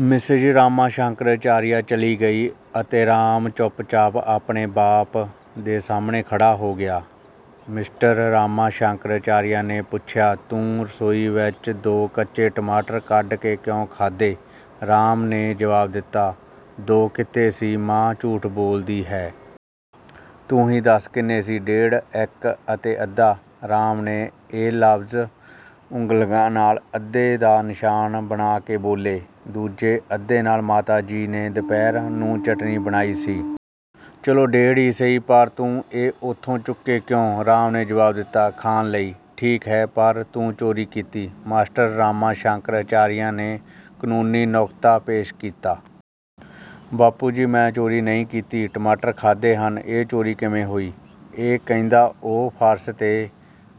Mrs Rama Shankar Acharya ਚਲੀ ਗਈ ਅਤੇ ਰਾਮ ਚੁੱਪ-ਚਾਪ ਆਪਣੇ ਬਾਪ ਦੇ ਸਾਹਮਣੇ ਖੜ੍ਹਾ ਹੋ ਗਿਆ। ਮਿਸਟਰ ਰਾਮਾ ਸ਼ੰਕਰ ਅਚਾਰੀਆ ਨੇ ਪੁੱਛਿਆ, ਤੂੰ ਰਸੋਈ ਵਿਚ ਦੋ ਕੱਚੇ ਟਮਾਟਰ ਕੱਢ ਕੇ ਕਿਉਂ ਖਾਧੇ? " ਰਾਮ ਨੇ ਜਵਾਬ ਦਿੱਤਾ, "ਦੋ ਕਿੱਥੇ ਸੀ, ਮਾਂ ਝੂਠ ਬੋਲਦੀ ਹੈ। " "ਤੂੰ ਹੀ ਦੱਸ ਕਿੰਨੇ ਸੀ। " "ਡੇਢ। ਇਕ ਅਤੇ ਅੱਧਾ", ਰਾਮ ਨੇ ਇਹ ਲਫਜ਼ ਉਂਗਲ਼ੀਆਂ ਨਾਲ ਅੱਧੇ ਦਾ ਨਿਸ਼ਾਨ ਬਣਾ ਕੇ ਬੋਲੇ, "ਦੂਜੇ ਅੱਧੇ ਨਾਲ ਮਾਤਾ ਜੀ ਨੇ ਦੁਪਹਿਰ ਨੂੰ ਚਟਣੀ ਬਣਾਈ ਸੀ। " "ਚਲੋ ਡੇਢ ਹੀ ਸਹੀ, ਪਰ ਤੂੰ ਇਹ ਉਥੋਂ ਚੁੱਕੇ ਕਿਉਂ? " ਰਾਮ ਨੇ ਜਵਾਬ ਦਿੱਤਾ, "ਖਾਣ ਲਈ। " "ਠੀਕ ਹੈ, ਪਰ ਤੂੰ ਚੋਰੀ ਕੀਤੀ", ਮਿਸਟਰ ਰਾਮਾ ਸ਼ੰਕਰ ਅਚਾਰੀਆ ਨੇ ਕਾਨੂੰਨੀ ਨੁਕਤਾ ਪੇਸ਼ ਕੀਤਾ। ਬਾਪੂ ਜੀ ਮੈਂ ਚੋਰੀ ਨਹੀਂ ਕੀਤੀ, ਟਮਾਟਰ ਖਾਧੇ ਹਨ, ਇਹ ਚੋਰੀ ਕਿਵੇਂ ਹੋਈ? " ਇਹ ਕਹਿੰਦਾ ਉਹ ਫਰਸ਼ 'ਤੇ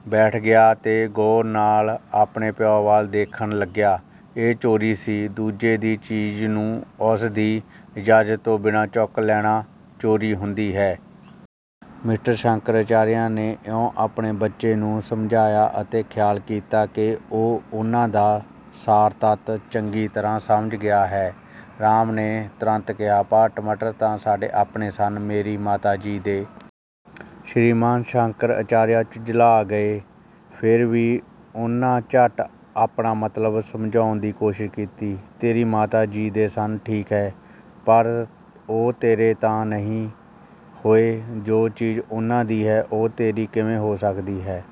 ਬੈਠ ਗਿਆ ਅਤੇ ਗਹੁ ਨਾਲ ਆਪਣੇ ਪਿਉ ਵੱਲ ਦੇਖਣ ਲੱਗਿਆ। "ਇਹ ਚੋਰੀ ਸੀ। ਦੂਜੇ ਦੀ ਚੀਜ਼ ਨੂੰ ਉਸ ਦੀ ਇਜਾਜ਼ਤ ਤੋਂ ਬਿਨਾਂ ਚੁੱਕ ਲੈਣਾ ਚੋਰੀ ਹੁੰਦੀ ਹੈ। " ਮਿਸਟਰ ਸ਼ੰਕਰ ਅਚਾਰੀਆ ਨੇ ਇਉਂ ਆਪਣੇ ਬੱਚੇ ਨੂੰ ਸਮਝਾਇਆ ਅਤੇ ਖਿਆਲ ਕੀਤਾ ਕਿ ਉਹ ਉਨ੍ਹਾਂ ਦਾ ਸਾਰ-ਤੱਤ ਚੰਗੀ ਤਰ੍ਹਾਂ ਸਮਝ ਗਿਆ ਹੈ। ਰਾਮ ਨੇ ਤੁਰੰਤ ਕਿਹਾ, "ਪਰ ਟਮਾਟਰ ਤਾਂ ਸਾਡੇ ਆਪਣੇ ਸਨ, ਮੇਰੀ ਮਾਤਾ ਜੀ ਦੇ। " ਸ਼੍ਰੀਮਾਨ ਸ਼ੰਕਰ ਅਚਾਰੀਆ ਝੁੰਜਲਾ ਗਏ। ਫਿਰ ਵੀ ਉਨ੍ਹਾਂ ਝੱਟ ਆਪਣਾ ਮਤਲਬ ਸਮਝਾਉਣ ਦੀ ਕੋਸ਼ਿਸ਼ ਕੀਤੀ, "ਤੇਰੀ ਮਾਤਾ ਜੀ ਦੇ ਸਨ, ਠੀਕ ਹੈ, ਪਰ ਉਹ ਤੇਰੇ ਤਾਂ ਨਹੀਂ ਨਾ ਹੋਏ। ਜੋ ਚੀਜ਼ ਉਨ੍ਹਾਂ ਦੀ ਹੈ, ਉਹ ਤੇਰੀ ਕਿਵੇਂ ਹੋ ਸਕਦੀ ਹੈ?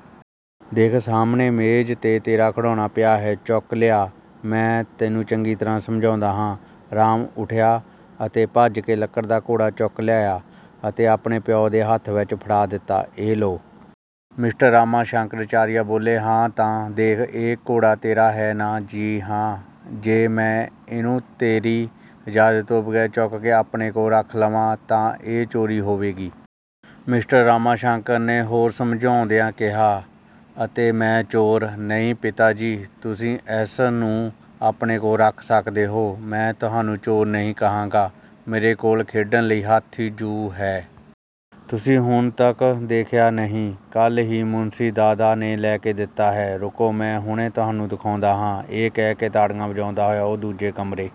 ਦੇਖ ਸਾਹਮਣੇ ਮੇਜ਼ 'ਤੇ ਤੇਰਾ ਖਿਡੌਣਾ ਪਿਆ ਹੈ, ਚੁੱਕ ਲਿਆ, ਮੈਂ ਤੈਨੂੰ ਚੰਗੀ ਤਰ੍ਹਾਂ ਸਮਝਾਉਂਦਾ ਹਾਂ। " ਰਾਮ ਉਠਿਆ ਅਤੇ ਭੱਜ ਕੇ ਲੱਕੜੀ ਦਾ ਘੋੜਾ ਚੁੱਕ ਲਿਆਇਆ ਅਤੇ ਆਪਣੇ ਪਿਉ ਦੇ ਹੱਥ ਵਿਚ ਫੜਾ ਦਿੱਤਾ, "ਇਹ ਲਉ। " ਮਿਸਟਰ ਰਾਮਾ ਸ਼ੰਕਰ ਅਚਾਰੀਆ ਬੋਲੇ, "ਹਾਂ! ਤਾਂ ਦੇਖ, ਇਹ ਘੋੜਾ ਤੇਰਾ ਹੈ ਨਾ? " "ਜੀ ਹਾਂ। " "ਜੇ ਮੈਂ ਇਹਨੂੰ ਤੇਰੀ ਇਜਾਜ਼ਤ ਤੋਂ ਬਗ਼ੈਰ ਚੁੱਕ ਕੇ ਆਪਣੇ ਕੋਲ ਰੱਖ ਲਵਾਂ ਤਾਂ ਇਹ ਚੋਰੀ ਹੋਵੇਗੀ। " ਮਿਸਟਰ ਰਾਮਾ ਸ਼ੰਕਰ ਨੇ ਹੋਰ ਸਮਝਾਉਂਦਿਆਂ ਕਿਹਾ, "ਅਤੇ ਮੈਂ ਚੋਰ। " "ਨਹੀਂ ਪਿਤਾ ਜੀ, ਤੁਸੀਂ ਇਸ ਨੂੰ ਆਪਣੇ ਕੋਲ ਰੱਖ ਸਕਦੇ ਹੋ। ਮੈਂ ਤੁਹਾਨੂੰ ਚੋਰ ਨਹੀਂ ਕਹਾਂਗਾ। ਮੇਰੇ ਕੋਲ ਖੇਡਣ ਲਈ ਹਾਥੀ ਜੁ ਹੈ। ਤੁਸੀਂ ਹੁਣ ਤਕ ਦੇਖਿਆ ਨਹੀਂ? ਕਲ੍ਹ ਹੀ ਮੁਣਸ਼ੀ ਦਾਦਾ ਨੇ ਲੈ ਕੇ ਦਿੱਤਾ ਹੈ। ਰੁਕੋ, ਮੈਂ ਹੁਣੇ ਤੁਹਾਨੂੰ ਦਿਖਾਉਂਦਾ ਹਾਂ। " ਇਹ ਕਹਿ ਕੇ ਤਾੜੀਆਂ ਵਜਾਉਂਦਾ ਹੋਇਆ ਉਹ ਦੂਜੇ ਕਮਰੇ